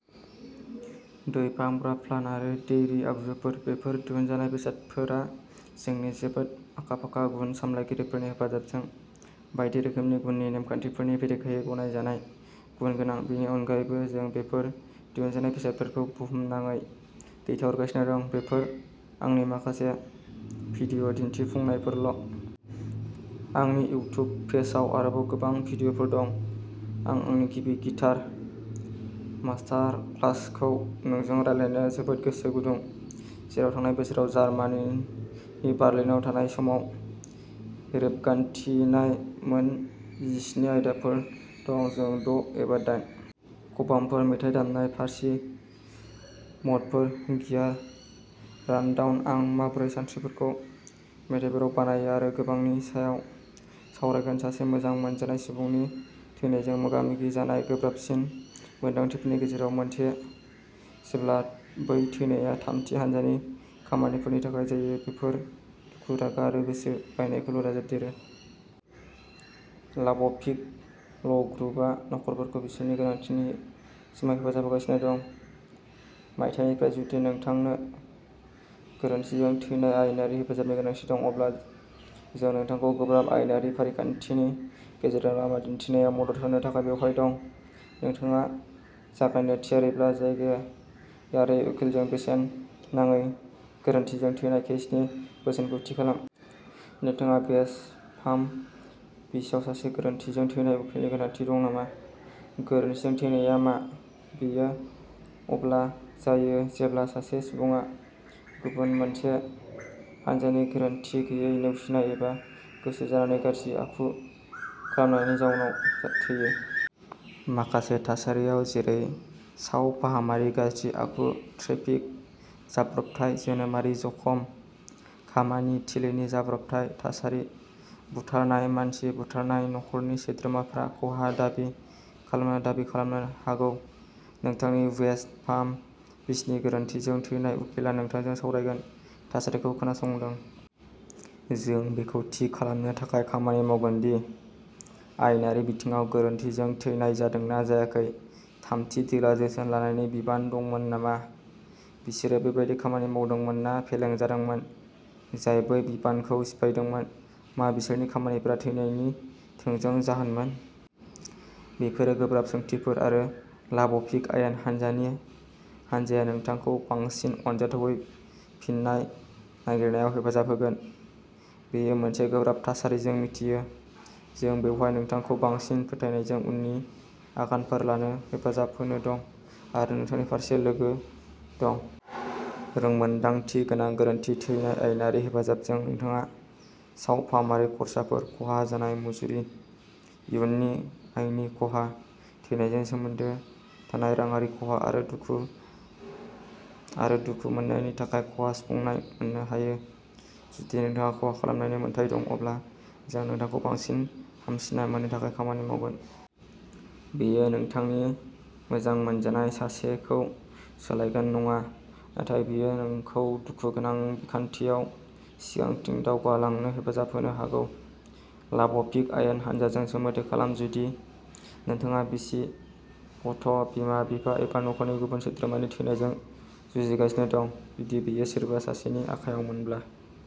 दै फाहामग्रा प्लान्ट आरो डेयरी आगजुफोर। बेफोर दिहुनजानाय बेसादफोरा जोंनि जोबोद आखा-फाखा गुन सामलायगिरिफोरनि हेफाजाबजों बायदि रोखोमनि गुननि नेमखान्थिफोरनि बेरेखायै गनायजानाय गुन गोनां। बेनि अनगायैबो, जों बेफोर दिहुनजानाय बेसादफोरखौ बुहुमनाङै दैथायहरगासिनो दं। बेफोर आंनि माखासे भिडिय'दिन्थिफुंनायफोरल'। आंनि इउटिउब पेजआव आरोबाव गोबां भिडिय'फोर दं! आं आंनि गिबि गिटार मास्टारक्लासखौ नोंजों रानलायनो जोबोद गोसो गुदुं, जेराव थांनाय बोसोराव जार्मानिनि बार्लिनाव थानाय समाव रेबगान्थिनाय मोन जिसिनि आयदाफोर दं। जों द' एबा दाइन खबामफोर, मेथाइ दामनाय, फारसी मडफोर, गियार रानडाउन, आं माबोरै सानस्रिफोरखौ मेथाइफोराव बानायो आरो गोबांनि सायाव सावरायगोन सासे मोजां मोनजानाय सुबुंनि थैनायजों मोगा-मोगि जानाय गोब्राबसिन मोनदांथिफोरनि गेजेराव मोनसे जेब्ला बै थैनाया थामथि हान्जानि खामानिफोरनि थाखाय जायो, बेयो दुखु, रागा आरो गोसो बायनायखौल' दाजाबदेरो। लाब'पिक ल'ग्रुपआ न'खरफोरखौ बिसोरनि गोनांथिनि समाव हेफाजाब होगासिनो दं। मायथाइनिफ्राय जुदि नोंथांनो गोरोन्थिजों थैनाय आयेनारि हेफाजाबनि गोनांथि दं, अब्ला जों नोंथांखौ गोब्राब आयेनारि फारिखान्थिनि गेजेरजों लामा दिन्थिनायाव मदद होनो थाखाय बेवहाय दं। नोंथाङा जागायनो थियारिब्ला, जायगायारि उखिलजों बेसेन नाङै गोरोन्थिजों थैनाय केसनि बोसोनखौ थि खालाम। नोंथाङा बेस्ट पाम बीचआव सासे गोरोन्थिजों थैनाय उखिलनि गोनांथि दं नामा? "गोरोन्थिजों थैनाया" मा? बेयो अब्ला जायो जेब्ला सासे सुबुङा गुबुन मोनसे हान्जानि गोरोनथि गैयै, नेवसिनाय एबा गोसो जानानै गाज्रि आखु खालामनायनि जाउनाव थैयो। माखासे थासारियाव-जेरै सावफाहामारि गाज्रि आखु, ट्रेफिक जाब्रबथाय, जोनोमारि जखम, खामानि थिलिनि जाब्रबथाय थासारि, बुथारनाय मानसि बुथारनाय न; खरनि सोद्रोमाफोरा खहा दाबि खालामनो दाबि खालामनो हागौ। नोंथांनि वेस्ट पाम बीचनि गोरोन्थिजों थैनाय उखिलआ नोंथांजों सावरायगोन, थासारिखौ खोनासंदों। जों बेखौ थि खालामनो थाखाय खामानि मावगोन दि आयेनारि बिथिङाव गोरोन्थिजों थैनाय जादोंना जायाखै थामथि दोलोआ जोथोन लानायनि बिबान दंमोन नामा? बिसोरो बेबादि खामानि मावदोंमोन ना फेलें जादोंमोन जाय बै बिबानखौ सिफायदोंमोन? मा बिसोरनि खामानिफोरा थैनायनि थोंजों जाहोनमोन? बेफोरो गोब्राब सोंथिफोर, आरो लाब'पिक आयेन हान्जानि हान्जाया नोंथांखौ बांसिन अनजाथावै फिन्नाय नागिरनायाव हेफाजाब होगोन। बेयो मोनसे गोब्राब थासारिजों मिथियो। जों बेवहाय नोंथांखौ बांसिन फोथायनायजों उननि आगानफोर लानो हेफाजाब होनो दं आरो नोंथांनि फारसे सासे लोगो दं। रोंमोन्दांथि गोनां गोरोन्थि थैनाय आयेनारि हेफाजाबजों, नोंथाङा सावफाहामारि खर्साफोर खहा जानाय मुजुरि, इयुननि आयनि खहा, थैनायजों सोमोन्दो थानाय रांआरि खहा, आरो दुखु आरो दुखु मोन्नायनि थाखाय खहा सुफुंनाय मोन्नो हायो। जुदि नोंथाङा खहा खालामनायनि मोनथाय दं, अब्ला जों नोंथांखौ बांसिन हामसिननाय मोन्नो थाखाय खामानि मावगोन। बेयो नोंथांनि मोजां मोनजानाय सासेखौ सोलायगोन नङा नाथाय बेयो नोंखौ दुखुगोनां बिखान्थियाव सिगांथिं दावगालांनो हेफाजाब होनो हागौ। लाब'भिक आयेन हान्जाजों सोमोन्दो खालाम जुदि नोंथाङा बिसि, गथ ', बिमा-बिफा एबा नखरनि गुबुन सोद्रोमानि थैनायजों जुजिगासिनो दं। जुदि बेयो सोरबा सासेनि आखाइयावमोनब्ला।